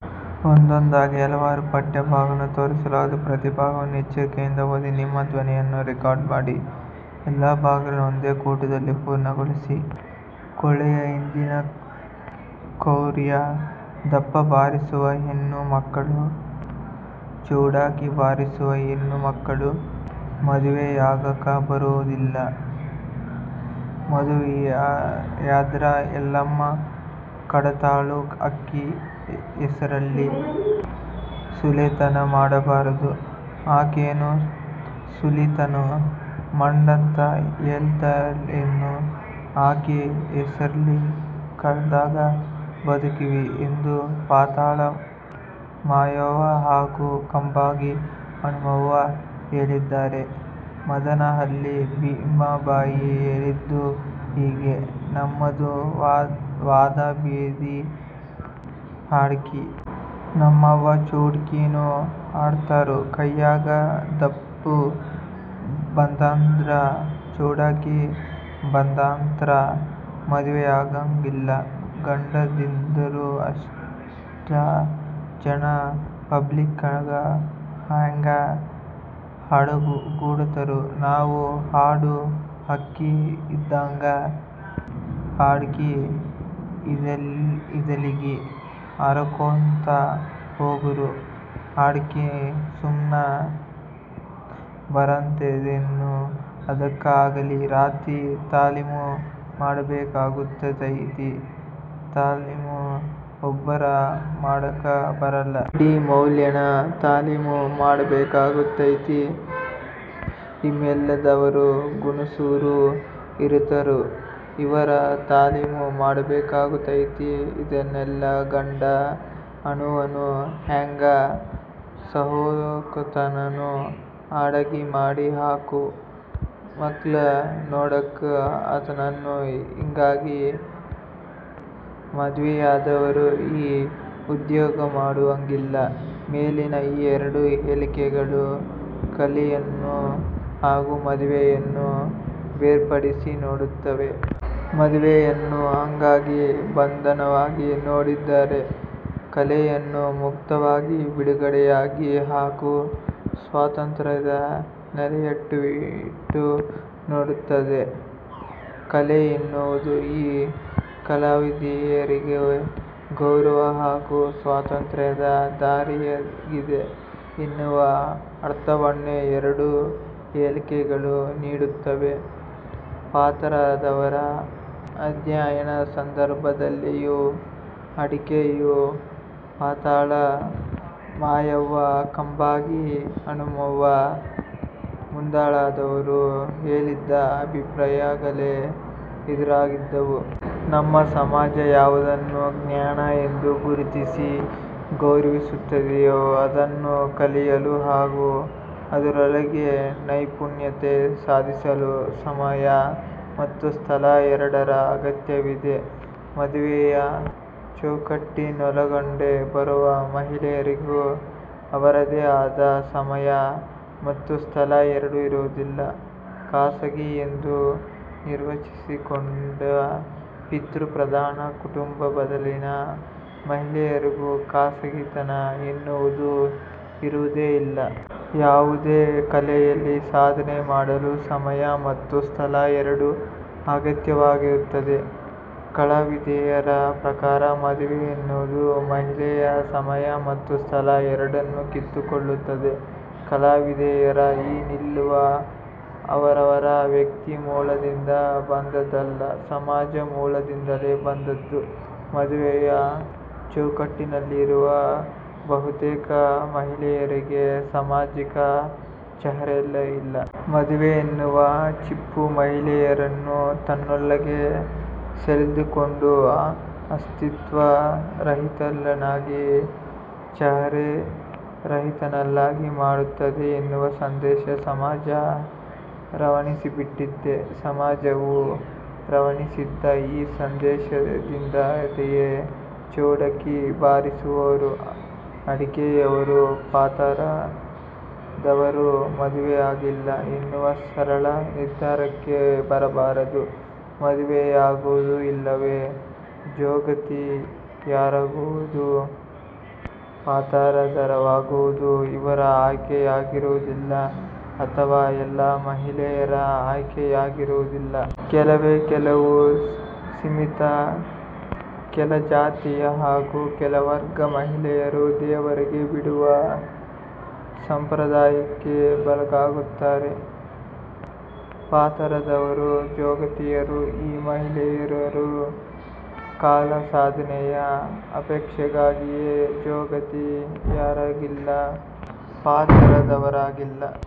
ಕಲೆಯ ಹಿಂದಿನ ಕ್ರೌರ್ಯ "ದಪ್ಪ ಬಾರಿಸುವ ಹೆಣ್ಣು ಮಕ್ಕಳು, ಚೌಡಿಕಿ ಬಾರಿಸುವ ಹೆಣ್ಣು ಮಕ್ಕಳು ಮದುವೆಯಾಗಾಕ ಬರೂದಿಲ್ಲ. ಮದುವಿಯಾದ್ರ ಯಲ್ಲಮ್ಮ ಕಾಡತಾಳು. ಆಕಿ ಹೆಸರ್ಲಿ ಸೂಳೆತನ ಮಾಡಬಾರದು. ಆಕೇನು ಸೂಳಿತನ ಮಾಡಂತ ಹೇಳ್ತಾಳೇನು ಆಕಿ ಹೆಸರ್ಲಿ ಕಲಾದಾಗ ಬದುಕ್ತೀವಿ" ಎಂದು ಪಾತಾಳ ಮಾಯವ್ವ ಹಾಗೂ ಕಂಬಾಗಿ ಹನುಮವ್ವ ಹೇಳಿದರೆ, ಮದನ ಹಳ್ಳಿ ಭೀಮಬಾಯಿ ಹೇಳಿದ್ದು ಹೀಗೆ: "ನಮ್ಮದು ವಾದಾ ಬೀದಿ ಹಾಡ್ಕಿ. ನಮ್ಮವರ ಚೌಡಕಿನೂ ಹಾಡ್ತಾರ. ಕೈಯಾಗ ದಪ್ಪು ಬಂತಂದ್ರ, ಚೌಡಕಿ ಬಂತಂದ್ರ ಮದುವೆಯಾಗಂಗಿಲ್ಲ. ಗಂಡಂದಿರು ಅಷ್ಟ ಜನಾ ಪಬ್ಲಿಕ್ನಾಗ ಹ್ಯಾಂಗ ಹಾಡಗೊಡತಾರು ನಾವು ಹಾಡು ಹಕ್ಕಿ ಇದ್ದಂಗ. ಹಾಡ್ಕಿ ಇದ್ದಲ್ಲಿಗಿ ಹಾರಕೋಂತ ಹೋಗೋರು. ಹಾಡ್ಕಿ ಸುಮ್ನ ಬರತದೇನು ಅದಕ್ಕ ಹಗಲಿ ರಾತ್ರಿ ತಾಲೀಮು ಮಾಡಬೇಕಾಗುತೈತಿ. ತಾಲೀಮು ಒಬ್ಬರ ಮಾಡಾಕ ಬರಲ್ಲ. ಇಡೀ ಮ್ಯಾಳಾನ ತಾಲೀಮು ಮಾಡಬೇಕಾಗತೈತಿ. ಹಿಮ್ಮೇಳದವರು ಗಣಸೂರು ಇರತಾರು. ಇವರ ತಾಲೀಮು ಮಾಡಬೇಕಾಗತೈತಿ. ಇದನ್ನೆಲ್ಲಾ ಗಂಡ ಅನ್ನುವನು ಹ್ಯಾಂಗ ಸಹಸ್ಕೋತಾನು ಅಡಗಿ ಮಾಡಿ ಹಾಕು, ಮಕ್ಳು ನೋಡ್ಕೋ ಅಂತಾನು. ಹಿಂಗಾಗಿ ಮದ್ವಿಯಾದವರು ಈ ಉದ್ಯೋಗ ಮಾಡುವಂಗಿಲ್ಲ. ಮೇಲಿನ ಈ ಎರಡೂ ಹೇಳಿಕೆಗಳು ಕಲೆಯನ್ನು ಹಾಗೂ ಮದುವೆಯನ್ನು ಬೇರ್ಪಡಿಸಿ ನೋಡುತ್ತವೆ. ಮದುವೆಯನ್ನು ಹಂಗಾಗಿ, ಬಂಧನವಾಗಿ ನೋಡಿದರೆ; ಕಲೆಯನ್ನು ಮುಕ್ತವಾಗಿ, ಬಿಡುಗಡೆಯಾಗಿ ಹಾಗೂ ಸ್ವಾತಂತ್ರ್ಯದ ನೆಲೆಯಲ್ಲಿಟ್ಟು ನೋಡುತ್ತವೆ. 'ಕಲೆ' ಎನ್ನುವುದು ಈ ಕಲಾವಿದೆಯರಿಗೆ ಗೌರವ ಹಾಗೂ ಸ್ವಾತಂತ್ರ್ಯದ ದಾರಿಯಾಗಿದೆ ಎನ್ನುವ ಅರ್ಥವನ್ನೇ ಎರಡೂ ಹೇಳಿಕೆಗಳು ನೀಡುತ್ತವೆ. ಪಾತರದವರ ಅಧ್ಯಯನ ಸಂದರ್ಭದಲ್ಲಿಯೂ ಹಾಡಿಕೆಯು ಪಾತಾಳ ಮಾಯವ್ವ, ಕಂಬಾಗಿ ಹನುಮವ್ವ ಮೊದಲಾದವರು ಹೇಳಿದ ಅಭಿಪ್ರಾಯಗಳೇ ಎದುರಾಗಿದ್ದವು. ನಮ್ಮ ಸಮಾಜ ಯಾವುದನ್ನು 'ಜ್ಞಾನ' ಎಂದು ಗುರುತಿಸಿ ಗೌರವಿಸುತ್ತದೆಯೋ ಅದನ್ನು ಕಲಿಯಲು ಹಾಗೂ ಅದರೊಳಗೆ ನೈಪುಣ್ಯತೆ ಸಾಧಿಸಲು ಸಮಯ ಮತ್ತು ಸ್ಥಳ ಎರಡರ ಅಗತ್ಯವಿದೆ. ಮದುವೆಯ ಚೌಕಟ್ಟಿನೊಳಗಡೆ ಬರುವ ಮಹಿಳೆಯರಿಗೆ ಅವರದ್ದೇ ಆದ ಸಮಯ ಮತ್ತು ಸ್ಥಳ ಎರಡೂ ಇರುವುದಿಲ್ಲ. 'ಖಾಸಗಿ' ಎಂದು ನಿರ್ವಚಿಸಿಕೊಂಡ ಪಿತೃ ಪ್ರಧಾನ ಕುಟುಂಬದಲ್ಲಿನ ಮಹಿಳೆಯರಿಗೆ ಖಾಸಗಿತನ ಎನ್ನುವುದು ಇರುವುದೇ ಇಲ್ಲ. ಯಾವುದೇ ಕಲೆಯಲ್ಲಿ ಸಾಧನೆ ಮಾಡಲು ಸಮಯ ಮತ್ತು ಸ್ಥಳ ಎರಡೂ ಅಗತ್ಯವಾಗಿರುತ್ತದೆ. ಕಲಾವಿದೆಯರ ಪ್ರಕಾರ ಮದುವೆ ಎನ್ನುವುದು ಮಹಿಳೆಯ ಸಮಯ ಮತ್ತು ಸ್ಥಳ ಎರಡನ್ನೂ ಕಿತ್ತುಕೊಳ್ಳುತ್ತದೆ. ಕಲಾವಿದೆಯರ ಈ ನಿಲುವು ಅವರವರ ವ್ಯಕ್ತಿ ಮೂಲದಿಂದ ಬಂದದ್ದಲ್ಲ; ಸಮಾಜ ಮೂಲದಿಂದಲೇ ಬಂದದ್ದು. ಮದುವೆಯ ಚೌಕಟ್ಟಿನಲ್ಲಿರುವ ಬಹುತೇಕ ಮಹಿಳೆಯರಿಗೆ ಸಾಮಾಜಿಕ ಚಹರೆಯಿಲ್ಲ. ಮದುವೆ ಎನ್ನುವ ಚಿಪ್ಪು ಮಹಿಳೆಯರನ್ನು ತನ್ನೊಳಗೆ ಸೆಳೆದುಕೊಂಡು ಅಸ್ತಿತ್ವ ರಹಿತಳನ್ನಾಗಿ, ಚಹರೆ ರಹಿತಳನ್ನಾಗಿ ಮಾಡುತ್ತದೆ ಎನ್ನುವ ಸಂದೇಶ ಸಮಾಜ ರವಾನಿಸಿಬಿಟ್ಟಿದೆ. ಸಮಾಜವು ರವಾನಿಸಿದ ಈ ಸಂದೇಶದಿಂದಾಗಿಯೇ ಚೌಡಕಿ ಬಾರಿಸುವವರು, ಹಾಡಿಕೆಯವರು, ಪಾತರದವರು ಮದುವೆಯಾಗಿಲ್ಲ ಎನ್ನುವ ಸರಳ ನಿರ್ಧಾರಕ್ಕೆ ಬರಬಾರದು. ಮದುವೆಯಾಗುವುದು ಇಲ್ಲವೆ 'ಜೋಗತಿ'ಯರಾಗುವುದು, ಪಾತರದವರಾಗುವುದು ಇವರ ಆಯ್ಕೆಯಾಗಿರುವುದಿಲ್ಲ; ಅಥವಾ ಎಲ್ಲ ಮಹಿಳೆಯರ ಆಯ್ಕೆಯಾಗಿರುವುದಿಲ್ಲ. ಕೆಲವೇ ಕೆಲವು ಸೀಮಿತ ಕೆಳಜಾತಿಯ ಹಾಗೂ ಕೆಳವರ್ಗದ ಮಹಿಳೆಯರು ದೇವರಿಗೆ ಬಿಡುವ ಸಂಪ್ರದಾಯಕ್ಕೆ ಒಳಗಾಗುತ್ತಾರೆ. 'ಪಾತರದವರು', 'ಜೋಗತಿಯರು' ಈ ಮಹಿಳೆಯರಾರೂ ಕಲಾ ಸಾಧನೆಯ ಅಪೇಕ್ಷೆಗಾಗಿಯೇ 'ಜೋಗತಿ'ಯರಾಗಿಲ್ಲ; ಪಾತರದವರಾಗಿಲ್ಲ.